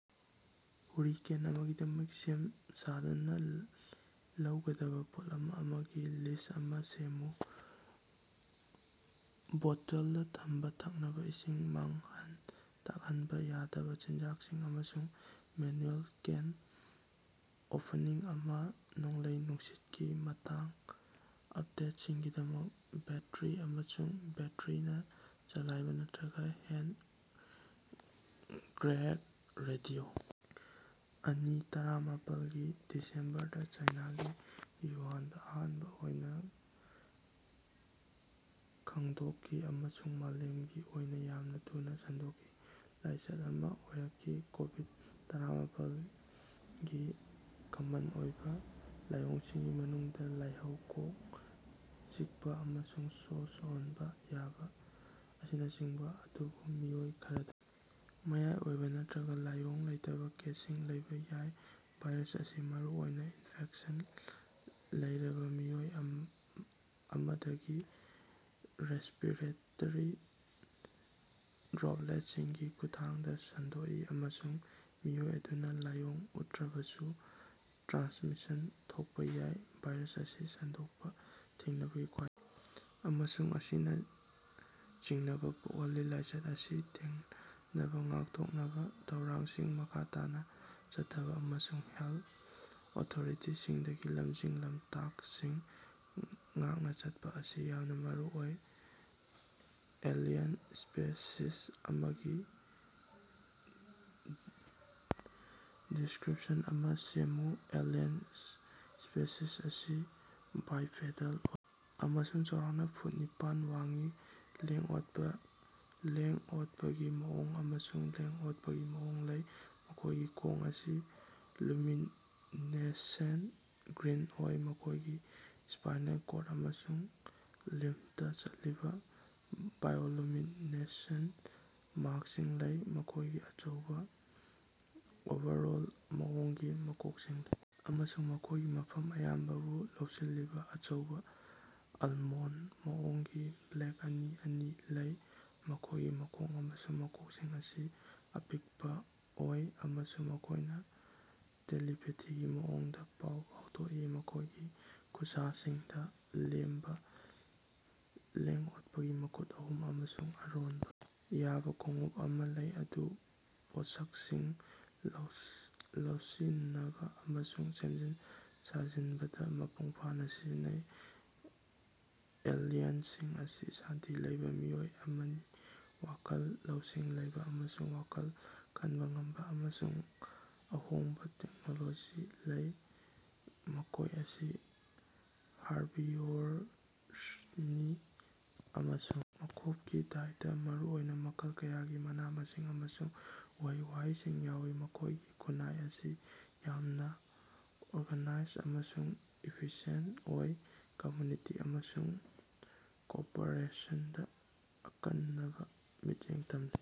Hurricane ꯑꯃꯥꯒꯤꯗꯃꯛ ꯁꯦꯝ-ꯁꯥꯗꯨꯅ ꯂꯧꯒꯗꯕ ꯄꯣꯠꯂꯝ ꯃꯉꯥꯒꯤ ꯂꯤꯁ꯭ꯠ ꯑꯃꯥ ꯁꯦꯝꯃꯨ꯫ ꯕꯣꯇꯂꯗꯥ ꯊꯝꯕ ꯊꯛꯅꯕ ꯏꯁꯤꯡ ꯃꯥꯡꯍꯟ ꯇꯥꯛꯍꯟꯕ ꯌꯥꯗꯕ ꯆꯤꯟꯖꯥꯛꯁꯤꯡ ꯑꯃꯁꯨꯡ ꯃꯦꯟꯌꯨꯑꯦꯜ ꯀꯦꯟ ꯑꯣꯄꯅꯤꯡ ꯑꯃꯥ ꯅꯣꯡꯂꯩ-ꯅꯨꯡꯁꯤꯠꯀꯤ ꯃꯇꯥꯡꯗ ꯑꯄꯗꯦꯠꯁꯤꯡꯒꯤꯗꯃꯛ ꯕꯦꯠꯇꯔꯤ ꯑꯃꯁꯨꯡ ꯕꯦꯠꯇꯔꯤꯅꯥ ꯆꯂꯥꯏꯕꯥ ꯅꯠꯇ꯭ꯔꯒ ꯍꯦꯟꯗ ꯀ꯭ꯔꯦꯉ꯭ꯛ ꯔꯦꯗꯤꯑꯣ ꯑꯅꯤ ꯇꯔꯥꯃꯄꯥꯜꯒꯤ ꯗꯤꯁꯦꯝꯕꯔꯗꯥ ꯆꯥꯏꯅꯥꯒꯤ ꯋꯨꯍꯥꯟꯗ ꯑꯍꯥꯟꯕ ꯑꯣꯏꯅ ꯈꯪꯗꯣꯛꯈꯤ ꯑꯃꯁꯨꯡ ꯃꯥꯂꯦꯝꯒꯤ ꯑꯣꯏꯅ ꯌꯥꯝꯅ ꯊꯨꯅ ꯁꯟꯗꯣꯛꯈꯤ, ꯂꯥꯏꯆꯠ ꯑꯃꯥ ꯑꯣꯏꯔꯛꯈꯤ꯫ ꯀꯣꯕꯤꯗ-ꯇꯔꯥꯃꯄꯥꯜꯒꯤ ꯀꯃꯟ ꯑꯣꯏꯕ ꯂꯥꯏꯑꯣꯡꯁꯤꯡꯒꯤ ꯃꯅꯨꯡꯗꯥ ꯂꯥꯏꯍꯧ, ꯀꯣꯛ ꯆꯤꯛꯄꯥ, ꯑꯃꯁꯨꯡ ꯁ꯭ꯣꯁ ꯍꯣꯟꯕ ꯋꯥꯕ ꯑꯁꯤꯅꯆꯤꯡꯕꯅꯤ, ꯑꯗꯨꯕꯨ ꯃꯤꯑꯣꯏ ꯈꯔꯗꯗꯤ ꯃꯌꯥꯏ ꯑꯣꯏꯕ ꯅꯠꯇ꯭ꯔꯒ ꯂꯥꯏꯑꯣꯡ ꯂꯩꯇꯕ ꯀꯦꯁꯁꯤꯡ ꯂꯩꯕ ꯌꯥꯏ꯫ ꯚꯥꯏꯔꯁ ꯑꯁꯤ ꯃꯔꯨꯑꯣꯏꯅ ꯏꯅꯐꯦꯛꯁꯟ ꯂꯩꯔꯕ ꯃꯤꯑꯣꯏ ꯑꯃꯗꯒꯤ ꯔꯦꯁ꯭ꯄꯤꯔꯦꯇꯔꯤ ꯗ꯭ꯔꯣꯄꯂꯦꯠꯁꯤꯡꯒꯤ ꯈꯨꯠꯊꯥꯡꯗ ꯁꯟꯗꯣꯛꯏ, ꯑꯃꯁꯨꯡ ꯃꯤꯑꯣꯏ ꯑꯗꯨꯅ ꯂꯥꯏꯑꯣꯡ ꯎꯠꯇ꯭ꯔꯕꯁꯨ ꯇ꯭ꯔꯥꯟꯁꯃꯤꯁꯟ ꯊꯣꯛꯄꯥ ꯌꯥꯏ꯫ ꯚꯥꯏꯔꯁ ꯑꯁꯤ ꯁꯟꯗꯣꯔꯛꯄꯥ ꯊꯤꯡꯅꯕꯒꯤ ꯈ꯭ꯋꯥꯏꯗꯒꯤ ꯐꯕꯥ ꯑꯃꯁꯨꯡ ꯃꯁꯤꯅꯥ ꯆꯤꯡꯅꯕꯥ ꯄꯣꯛꯍꯜꯂꯤ꯫ ꯂꯥꯏꯆꯠ ꯑꯁꯤ ꯊꯦꯡꯅꯅꯕꯥ ꯉꯥꯛꯊꯣꯛꯅꯕ ꯊꯧꯔꯥꯡꯁꯤꯡ ꯃꯈꯥ ꯇꯥꯅꯥ ꯆꯠꯊꯕꯥ ꯑꯃꯁꯨꯡ ꯍꯦꯜꯊ ꯑꯣꯊꯣꯔꯤꯇꯤꯁꯤꯡꯗꯒꯤ ꯂꯝꯖꯤꯡ-ꯂꯝꯇꯥꯛꯁꯤꯡ ꯉꯥꯛꯅ ꯆꯠꯄꯥ ꯑꯁꯤ ꯌꯥꯝꯅ ꯃꯔꯨ ꯑꯣꯏ꯫ ꯑꯦꯂꯤꯌꯟ ꯁ꯭ꯄꯦꯁꯤꯁ ꯑꯃꯒꯤ ꯗꯤꯁ꯭ꯛꯔꯤꯄꯁꯟ ꯑꯃꯥ ꯁꯦꯝꯃꯨ꯫ ꯑꯦꯂꯤꯌꯟ ꯁ꯭ꯄꯦꯁꯤꯁ ꯑꯁꯤ ꯕꯥꯏꯄꯦꯗꯜ ꯑꯣꯏ ꯑꯃꯁꯨꯡ ꯆꯥꯎꯔꯥꯛꯅꯥ ꯐꯨꯠ ꯅꯤꯄꯥꯟ ꯋꯥꯡꯏ, ꯂꯦꯡ-ꯑꯣꯠꯄꯥ, ꯂꯦꯡ-ꯑꯣꯠꯄꯒꯤ ꯃꯑꯣꯡ ꯑꯃꯁꯨꯡ ꯂꯦꯡ-ꯑꯣꯠꯄꯒꯤ ꯃꯑꯣꯡ ꯂꯩ꯫ ꯃꯈꯣꯏꯒꯤ ꯈꯣꯡ ꯑꯁꯤ ꯂꯨꯃꯤꯅꯦꯁꯦꯟꯇ ꯒ꯭ꯔꯤꯟ ꯑꯣꯏ, ꯃꯈꯣꯏꯒꯤ ꯁ꯭ꯄꯥꯏꯅꯦꯜ ꯀꯣꯔꯗ ꯑꯃꯁꯨꯡ ꯂꯤꯝꯐꯇꯥ ꯆꯠꯂꯤꯕꯥ ꯕꯥꯏꯑꯣꯂꯨꯃꯤꯅꯦꯁꯦꯟꯇ ꯃꯥꯔꯀꯁꯤꯡ ꯂꯩ꯫ ꯃꯈꯣꯏꯒꯤ ꯑꯆꯧꯕ, ꯑꯣꯚꯔꯑꯣꯜ ꯃꯑꯣꯡꯒꯤ ꯃꯀꯣꯛꯁꯤꯡ ꯂꯩ ꯑꯃꯁꯨꯡ ꯃꯈꯣꯏꯒꯤ ꯃꯐꯝ ꯑꯌꯥꯝꯕꯕꯨ ꯂꯧꯁꯤꯜꯂꯤꯕ ꯑꯆꯧꯕ, ꯑꯂꯃꯣꯟꯗ ꯃꯑꯣꯡꯒꯤ ꯕ꯭ꯂꯦꯛ ꯃꯅꯤ ꯑꯅꯤ ꯂꯩ꯫ ꯃꯈꯣꯏꯒꯤ ꯃꯈꯣꯡ ꯑꯃꯁꯨꯡ ꯃꯀꯣꯛꯁꯤꯡ ꯑꯁꯤ ꯑꯄꯤꯛꯄꯥ ꯑꯣꯏ, ꯑꯃꯁꯨꯡ ꯃꯈꯣꯏꯅ ꯇꯦꯂꯤꯄꯦꯊꯤꯒꯤ ꯃꯑꯣꯡꯗꯥ ꯄꯥꯎ ꯐꯥꯎꯗꯣꯛꯏ꯫ ꯃꯈꯣꯏꯒꯤ ꯈꯨꯠꯁꯥꯁꯤꯡꯗꯥ ꯂꯦꯝꯕꯥ, ꯂꯦꯡ-ꯑꯣꯠꯄꯒꯤ ꯃꯈꯨꯠ ꯑꯍꯨꯝ ꯑꯃꯁꯨꯡ ꯑꯔꯣꯟꯕꯥ ꯌꯥꯕ ꯈꯣꯡꯎꯞ ꯑꯃꯥ ꯂꯩ, ꯃꯗꯨ ꯄꯣꯠꯁꯛꯁꯤꯡ ꯂꯧꯁꯤꯅꯕꯥ ꯑꯃꯁꯨꯡ ꯁꯦꯝꯖꯤꯟ-ꯁꯥꯖꯤꯅꯕꯗꯥ ꯃꯄꯨꯡ ꯐꯥꯅꯥ ꯁꯤꯖꯤꯟꯅꯩ꯫ ꯑꯦꯂꯤꯌꯅꯁꯤꯡ ꯑꯁꯤ ꯁꯥꯟꯇꯤ ꯂꯩꯕ ꯃꯤꯑꯣꯏ ꯑꯃꯅꯤ, ꯋꯥꯈꯜ ꯂꯧꯁꯤꯡ ꯂꯩꯕꯥ ꯑꯃꯁꯨꯡ ꯋꯥꯈꯜ ꯈꯟꯕ ꯉꯝꯕ ꯑꯃꯁꯨꯡ ꯑꯍꯣꯡꯕꯥ ꯇꯦꯛꯅꯣꯂꯣꯖꯤ ꯂꯩ꯫ ꯃꯈꯣꯏ ꯑꯁꯤ ꯍꯥꯔꯕꯤꯑꯣꯔꯁꯅꯤ, ꯑꯃꯁꯨꯡ ꯃꯈꯣꯏꯒꯤ ꯗꯥꯏꯇꯇꯥ ꯃꯔꯨꯑꯣꯏꯅ ꯃꯈꯜ ꯀꯌꯥꯒꯤ ꯃꯅꯥ-ꯃꯁꯤꯡ ꯑꯃꯁꯨꯡ ꯎꯍꯩ-ꯋꯥꯍꯩꯁꯤꯡ ꯌꯥꯎꯏ꯫ ꯃꯈꯣꯏꯒꯤ ꯈꯨꯟꯅꯥꯏ ꯑꯁꯤ ꯌꯥꯝꯅꯥ ꯑꯣꯔꯒꯅꯥꯏꯖ ꯑꯃꯁꯨꯡ ꯏꯐꯤꯁꯤꯌꯦꯟꯇ ꯑꯣꯏ, ꯀꯝꯌꯨꯅꯤꯇꯤ ꯑꯃꯁꯨꯡ ꯀꯣꯑꯣꯄꯔꯦꯁꯟꯗꯥ ꯑꯀꯟꯅꯕꯥ ꯃꯤꯠꯌꯦꯡ ꯊꯝꯂꯤ ꯫